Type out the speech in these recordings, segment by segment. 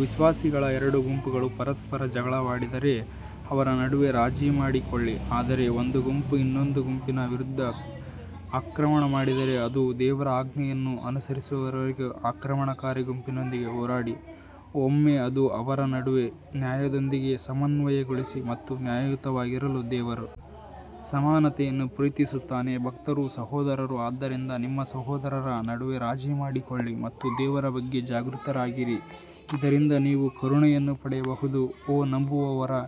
ವಿಶ್ವಾಸಿಗಳ ಎರಡು ಗುಂಪುಗಳು ಪರಸ್ಪರ ಜಗಳವಾಡಿದರೆ ಅವರ ನಡುವೆ ರಾಜಿ ಮಾಡಿಕೊಳ್ಳಿ ಆದರೆ ಒಂದು ಗುಂಪು ಇನ್ನೊಂದು ಗುಂಪಿನ ವಿರುದ್ಧ ಆಕ್ರಮಣ ಮಾಡಿದರೆ ಅದು ದೇವರ ಆಜ್ಞೆಯನ್ನು ಅನುಸರಿಸುವವರೆಗೆ ಆಕ್ರಮಣಕಾರಿ ಗುಂಪಿನೊಂದಿಗೆ ಹೋರಾಡಿ ಒಮ್ಮೆ ಅದು ಅವರ ನಡುವೆ ನ್ಯಾಯದೊಂದಿಗೆ ಸಮನ್ವಯಗೊಳಿಸಿ ಮತ್ತು ನ್ಯಾಯಯುತವಾಗಿರಲು ದೇವರು ಸಮಾನತೆಯನ್ನು ಪ್ರೀತಿಸುತ್ತಾನೆ ಭಕ್ತರು ಸಹೋದರರು ಆದ್ದರಿಂದ ನಿಮ್ಮ ಸಹೋದರರ ನಡುವೆ ರಾಜಿ ಮಾಡಿಕೊಳ್ಳಿ ಮತ್ತು ದೇವರ ಬಗ್ಗೆ ಜಾಗೃತರಾಗಿರಿ ಇದರಿಂದ ನೀವು ಕರುಣೆಯನ್ನು ಪಡೆಯಬಹುದು ಓ ನಂಬುವವರೇ,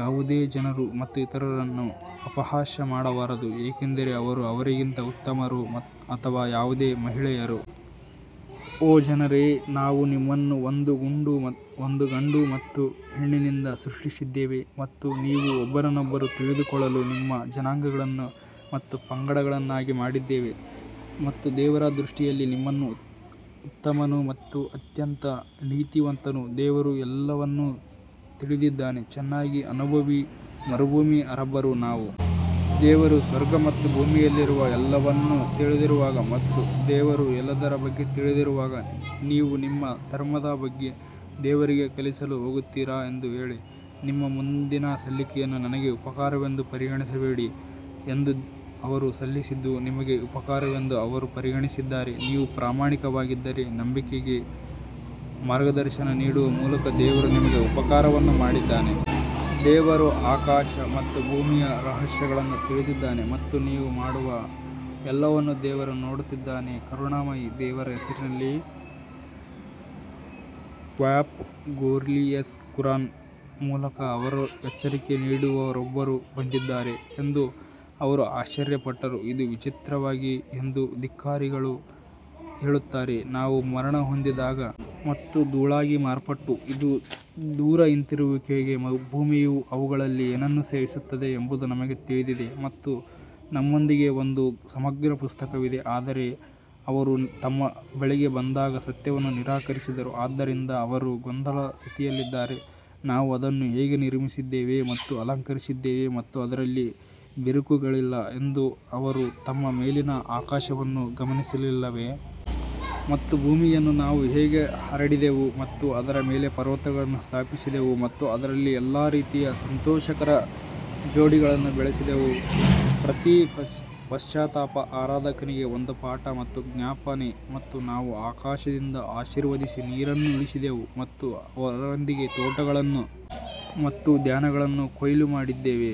ಯಾವುದೇ ಜನರು ಇತರ ಜನರನ್ನು ಅಪಹಾಸ್ಯ ಮಾಡಬಾರದು ಏಕೆಂದರೆ ಅವರು ಅವರಿಗಿಂತ ಉತ್ತಮರು ಅಥವಾ ಯಾವುದೇ ಮಹಿಳೆಯರು ಓ ಜನರೇ ನಾವು ನಿಮ್ಮನ್ನು ಒಂದು ಗಂಡು ಮತ್ತು ಹೆಣ್ಣಿನಿಂದ ಸೃಷ್ಟಿಸಿದ್ದೇವೆ ಮತ್ತು ನೀವು ಒಬ್ಬರನ್ನೊಬ್ಬರು ತಿಳಿದುಕೊಳ್ಳಲು ನಿಮ್ಮನ್ನು ಜನಾಂಗಗಳು ಮತ್ತು ಪಂಗಡಗಳನ್ನಾಗಿ ಮಾಡಿದ್ದೇವೆ ಮತ್ತು ದೇವರ ದೃಷ್ಟಿಯಲ್ಲಿ ನಿಮ್ಮಲ್ಲಿ ಉತ್ತಮನು ಅತ್ಯಂತ ನೀತಿವಂತನು ದೇವರು ಎಲ್ಲವನ್ನೂ ತಿಳಿದಿದ್ದಾನೆ ಚೆನ್ನಾಗಿ ಅನುಭವಿ ಮರುಭೂಮಿ ಅರಬ್ಬರು ನಾವು ದೇವರು ಸ್ವರ್ಗ ಮತ್ತು ಭೂಮಿಯಲ್ಲಿರುವ ಎಲ್ಲವನ್ನೂ ತಿಳಿದಿರುವಾಗ ಮತ್ತು ದೇವರು ಎಲ್ಲದರ ಬಗ್ಗೆ ತಿಳಿದಿರುವಾಗ ನೀವು ನಿಮ್ಮ ಧರ್ಮದ ಬಗ್ಗೆ ದೇವರಿಗೆ ಕಲಿಸಲು ಹೋಗುತ್ತೀರಾ ಎಂದು ಹೇಳಿ. ನಿಮ್ಮ ಸಲ್ಲಿಕೆಯನ್ನು ನನಗೆ ಉಪಕಾರವೆಂದು ಪರಿಗಣಿಸಬೇಡಿ ಎಂದು ಅವರು ಸಲ್ಲಿಸಿದ್ದು ನಿಮಗೆ ಉಪಕಾರವೆಂದು ಅವರು ಪರಿಗಣಿಸಿದ್ದಾರೆ, ನೀವು ಪ್ರಾಮಾಣಿಕರಾಗಿದ್ದರೆ ನಂಬಿಕೆಗೆ ಮಾರ್ಗದರ್ಶನ ನೀಡುವ ಮೂಲಕ ದೇವರು ನಿಮಗೆ ಉಪಕಾರವನ್ನು ಮಾಡಿದ್ದಾನೆ. ದೇವರು ಆಕಾಶ ಮತ್ತು ಭೂಮಿಯ ರಹಸ್ಯಗಳನ್ನು ತಿಳಿದಿದ್ದಾನೆ ಮತ್ತು ನೀವು ಮಾಡುವ ಎಲ್ಲವನ್ನೂ ದೇವರು ನೋಡುತ್ತಿದ್ದಾನೆ ಕರುಣಾಮಯಿ ದೇವರ ಹೆಸರಿನಲ್ಲಿ ಕ್ವಾಫ್ ಗ್ಲೋರಿಯಸ್ ಕುರಾನ್ ಮೂಲಕ ಅವರಲ್ಲಿ ಎಚ್ಚರಿಕೆ ನೀಡುವವರೊಬ್ಬರು ಬಂದಿದ್ದಾರೆ ಎಂದು ಅವರು ಆಶ್ಚರ್ಯಪಟ್ಟರು, ಇದು ವಿಚಿತ್ರವಾಗಿದೆ ಎಂದು ಧಿಕ್ಕಾರಿಗಳು ಹೇಳುತ್ತಾರೆ ನಾವು ಮರಣಹೊಂದಿದಾಗ ಮತ್ತು ಧೂಳಾಗಿ ಮಾರ್ಪಟ್ಟಾಗ ಇದು ದೂರದ ಹಿಂತಿರುಗುವಿಕೆಯಾಗಿದೆ ಭೂಮಿಯು ಅವುಗಳಲ್ಲಿ ಏನನ್ನು ಸೇವಿಸುತ್ತದೆ ಎಂಬುದು ನಮಗೆ ತಿಳಿದಿದೆ ಮತ್ತು ನಮ್ಮೊಂದಿಗೆ ಒಂದು ಸಮಗ್ರ ಪುಸ್ತಕವಿದೆ ಆದರೆ ಅವರು ತಮ್ಮ ಬಳಿಗೆ ಬಂದಾಗ ಸತ್ಯವನ್ನು ನಿರಾಕರಿಸಿದರು, ಆದ್ದರಿಂದ ಅವರು ಗೊಂದಲದ ಸ್ಥಿತಿಯಲ್ಲಿದ್ದಾರೆ ನಾವು ಅದನ್ನು ಹೇಗೆ ನಿರ್ಮಿಸಿದ್ದೇವೆ ಮತ್ತು ಅಲಂಕರಿಸಿದ್ದೇವೆ ಮತ್ತು ಅದರಲ್ಲಿ ಬಿರುಕುಗಳಿಲ್ಲ ಎಂದು ಅವರು ತಮ್ಮ ಮೇಲಿನ ಆಕಾಶವನ್ನು ಗಮನಿಸಲಿಲ್ಲವೇ? ಮತ್ತು ಭೂಮಿಯನ್ನು ನಾವು ಹೇಗೆ ಹರಡಿದೆವು ಮತ್ತು ಅದರ ಮೇಲೆ ಪರ್ವತಗಳನ್ನು ಸ್ಥಾಪಿಸಿದೆವು ಮತ್ತು ಅದರಲ್ಲಿ ಎಲ್ಲಾ ರೀತಿಯ ಸಂತೋಷಕರ ಜೋಡಿಗಳನ್ನು ಬೆಳೆಸಿದೆವು ಪ್ರತಿ ಪಶ್ಚಾತ್ತಾಪ ಆರಾಧಕನಿಗೆ ಒಂದು ಪಾಠ ಮತ್ತು ಜ್ಞಾಪನೆ ಮತ್ತು ನಾವು ಆಕಾಶದಿಂದ ಆಶೀರ್ವದಿಸಿದ ನೀರನ್ನು ಇಳಿಸಿದೆವು ಮತ್ತು ಅದರೊಂದಿಗೆ ತೋಟಗಳನ್ನು ಮತ್ತು ಧಾನ್ಯಗಳನ್ನು ಕೊಯ್ಲು ಮಾಡಿದ್ದೇವೆ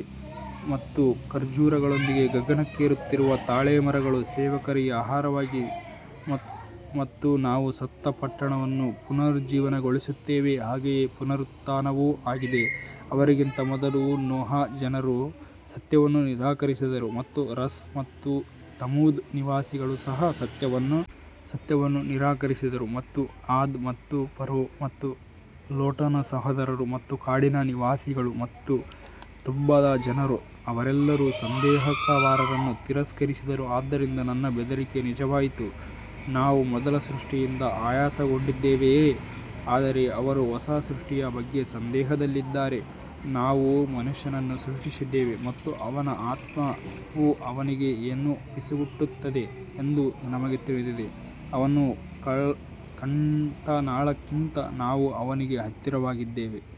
ಮತ್ತು ಕ್ಲಸ್ಟರ್ಡ್ ಖರ್ಜೂರಗಳೊಂದಿಗೆ ಗಗನಕ್ಕೇರುತ್ತಿರುವ ತಾಳೆ ಮರಗಳು ಸೇವಕರಿಗೆ ಆಹಾರವಾಗಿ ಮತ್ತು ನಾವು ಸತ್ತ ಪಟ್ಟಣವನ್ನು ಪುನರುಜ್ಜೀವನಗೊಳಿಸುತ್ತೇವೆ ಹಾಗೆಯೇ ಪುನರುತ್ಥಾನವೂ ಆಗಿದೆ ಅವರಿಗಿಂತ ಮೊದಲು ನೋಹನ ಜನರು ಸತ್ಯವನ್ನು ನಿರಾಕರಿಸಿದರು ಮತ್ತು ರಸ್ ಮತ್ತು ತಮೂದ್ ನಿವಾಸಿಗಳು ಸಹ ಸತ್ಯವನ್ನು ನಿರಾಕರಿಸಿದರು ಮತ್ತು ಆದ್ ಮತ್ತು ಫರೋ ಮತ್ತು ಲೋಟನ ಸಹೋದರರು ಮತ್ತು ಕಾಡಿನ ನಿವಾಸಿಗಳು ಮತ್ತು ತುಬ್ಬದ ಜನರು ಅವರೆಲ್ಲರೂ ಸಂದೇಶವಾಹಕರನ್ನು ತಿರಸ್ಕರಿಸಿದರು ಆದ್ದರಿಂದ ನನ್ನ ಬೆದರಿಕೆ ನಿಜವಾಯಿತು ನಾವು ಮೊದಲ ಸೃಷ್ಟಿಯಿಂದ ಆಯಾಸಗೊಂಡಿದ್ದೇವೆಯೇ ಆದರೆ ಅವರು ಹೊಸ ಸೃಷ್ಟಿಯ ಬಗ್ಗೆ ಸಂದೇಹದಲ್ಲಿದ್ದಾರೆ ನಾವು ಮನುಷ್ಯನನ್ನು ಸೃಷ್ಟಿಸಿದ್ದೇವೆ ಮತ್ತು ಅವನ ಆತ್ಮವು ಅವನಿಗೆ ಏನು ಪಿಸುಗುಟ್ಟುತ್ತದೆ ಎಂದು ನಮಗೆ ತಿಳಿದಿದೆ, ಅವನ ಕಂಠನಾಳಕ್ಕಿಂತ ನಾವು ಅವನಿಗೆ ಹತ್ತಿರವಾಗಿದ್ದೇವೆ.